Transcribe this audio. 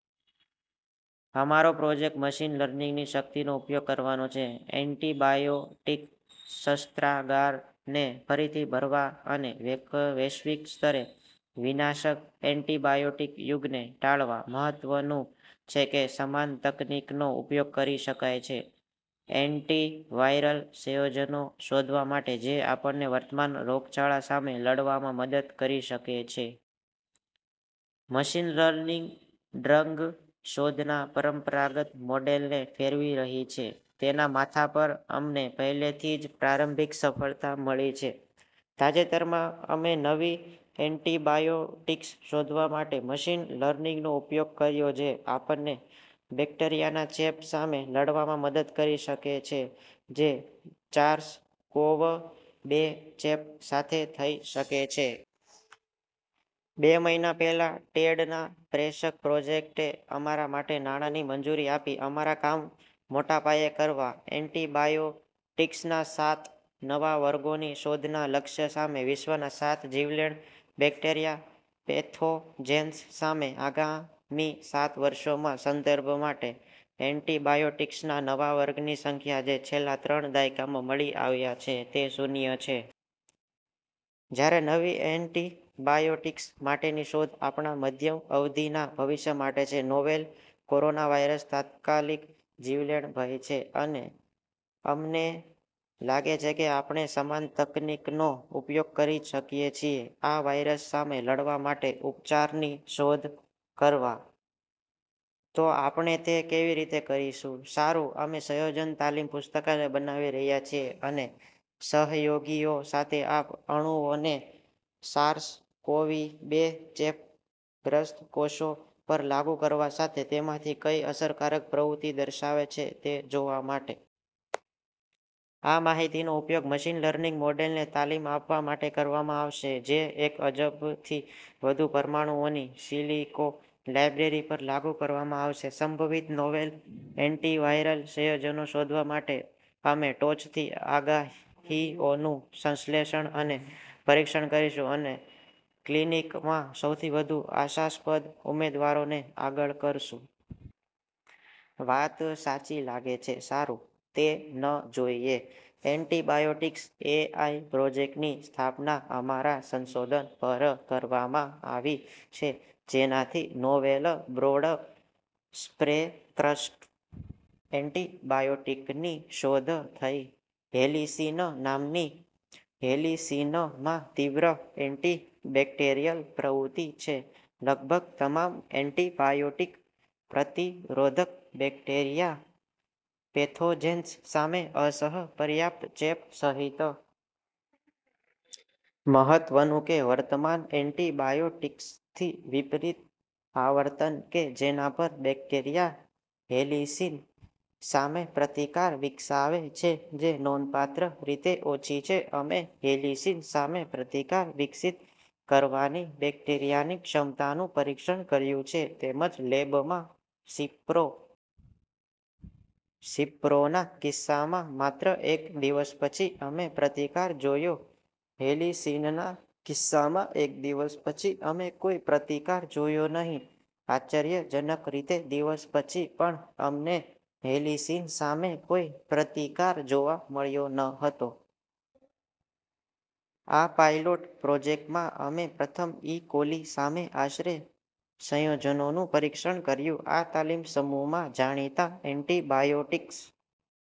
અમારો project machine લર્નિંગની શક્તિનો ઉપયોગ કરવાનો છે એન્ટિબાયોટિક શસ્ત્રાગારને ફરીથી ભરવા અને વૈશ્વિક સ્તરે વિનાશક એન્ટીબાયોટીક યુગને ટાળવા. મહત્વનું છે કે, સમાન તકનીકનો ઉપયોગ કરી શકાય છે એન્ટિવાયરલ સંયોજનો શોધવા માટે જે આપણને વર્તમાન રોગચાળા સામે લડવામાં મદદ કરી શકે છે. મશીન લર્નિંગ ડ્રગ શોધના પરંપરાગત મોડેલને ફેરવી રહી છે તેના માથા પર. અમને પહેલેથી જ પ્રારંભિક સફળતા મળી છે. તાજેતરમાં, અમે નવી એન્ટિબાયોટિક્સ શોધવા માટે મશીન લર્નિંગનો ઉપયોગ કર્યો જે આપણને બેક્ટેરિયાના ચેપ સામે લડવામાં મદદ કરી શકે છે જે સાર્સ-કોવ-બે ચેપ સાથે થઈ શકે છે. બે મહિના પહેલા, ટેડના પ્રેક્ષક પ્રોજેક્ટે અમારા માટે નાણાંની મંજૂરી આપી અમારા કામ મોટા પાયે કરવા એન્ટિબાયોટિક્સના સાત નવા વર્ગોની શોધના લક્ષ્ય સાથે વિશ્વના સાત જીવલેણ બેક્ટેરિયા પેથોજેન્સ સામે આગામી સાત વર્ષોમાં. સંદર્ભ માટે: એન્ટિબાયોટિક્સના નવા વર્ગની સંખ્યા જે છેલ્લા ત્રણ દાયકામાં મળી આવ્યા છે તે શૂન્ય છે. જ્યારે નવી એન્ટિબાયોટિક્સ માટેની શોધ આપણા મધ્યમ-અવધિના ભવિષ્ય માટે છે, નોવેલ કોરોનાવાયરસ તાત્કાલિક જીવલેણ ભય છે, અને અમને લાગે છે કે આપણે સમાન તકનીકનો ઉપયોગ કરી શકીએ છીએ આ વાયરસ સામે લડવા માટે ઉપચારની શોધ કરવા. તો આપણે તે કેવી રીતે કરીશું? સારું, અમે સંયોજન તાલીમ પુસ્તકાલય બનાવી રહ્યા છીએ અને સહયોગીઓ સાથે આ અણુઓને સાર્સ-કોવી-બે ચેપગ્રસ્ત કોષો પર લાગુ કરવા સાથે તેમાંથી કઈ અસરકારક પ્રવૃત્તિ દર્શાવે છે તે જોવા માટે. આ માહિતીનો ઉપયોગ મશીન લર્નિંગ મોડેલને તાલીમ આપવા માટે કરવામાં આવશે જે એક અબજથી વધુ પરમાણુઓની સિલિકો લાઇબ્રેરી પર લાગુ કરવામાં આવશે સંભવિત નોવેલ એન્ટિવાયરલ સંયોજનો શોધવા માટે. અમે ટોચની આગાહીઓનું સંશ્લેષણ અને પરીક્ષણ કરીશું અને ક્લિનિકમાં સૌથી વધુ આશાસ્પદ ઉમેદવારોને આગળ કરશું. વાત સાચી લાગે છે? સારું, તે ન જોઈએ. એન્ટિબાયોટિક્સ એઆઈ પ્રોજેક્ટની સ્થાપના અમારા સંશોધન પર કરવામાં આવી છે જેનાથી નોવેલ બ્રોડ-સ્પેક્ટ્રમ એન્ટીબાયોટીકની શોધ થઈ હેલિસિન નામની.. હેલિસિનમાં તીવ્ર એન્ટિબેક્ટેરિયલ પ્રવૃત્તિ છે લગભગ તમામ એન્ટીબાયોટીક-પ્રતિરોધક બેક્ટેરિયા પેથોજેન્સ સામે, અસહ્ય પર્યાપ્ત ચેપ સહિત. મહત્વનું કે, વર્તમાન એન્ટીબાયોટીક્સથી વિપરીત, આવર્તન કે જેના પર બેક્ટેરિયા હેલિસિન સામે પ્રતિકાર વિકસાવે છે જે નોંધપાત્ર રીતે ઓછી છે. અમે હેલિસિન સામે પ્રતિકાર વિકસિત કરવાની બેક્ટેરિયાની ક્ષમતાનું પરીક્ષણ કર્યું છે તેમજ લેબમાં સિપ્રો. સિપ્રોના કિસ્સામાં, માત્ર એક દિવસ પછી, અમે પ્રતિકાર જોયો. હેલિસિનના કિસ્સામાં, એક દિવસ પછી, અમે કોઈ પ્રતિકાર જોયો નહીં. આશ્ચર્યજનક રીતે, દિવસ પછી પણ, અમને હેલિસિન સામે કોઈ પ્રતિકાર જોવા મળ્યો ન હતો. આ પાયલોટ પ્રોજેક્ટમાં, અમે પ્રથમ ઇ કોલી સામે આશરે સંયોજનોનું પરીક્ષણ કર્યું. આ તાલીમ સમૂહમાં જાણીતા એન્ટીબાયોટીક્સ,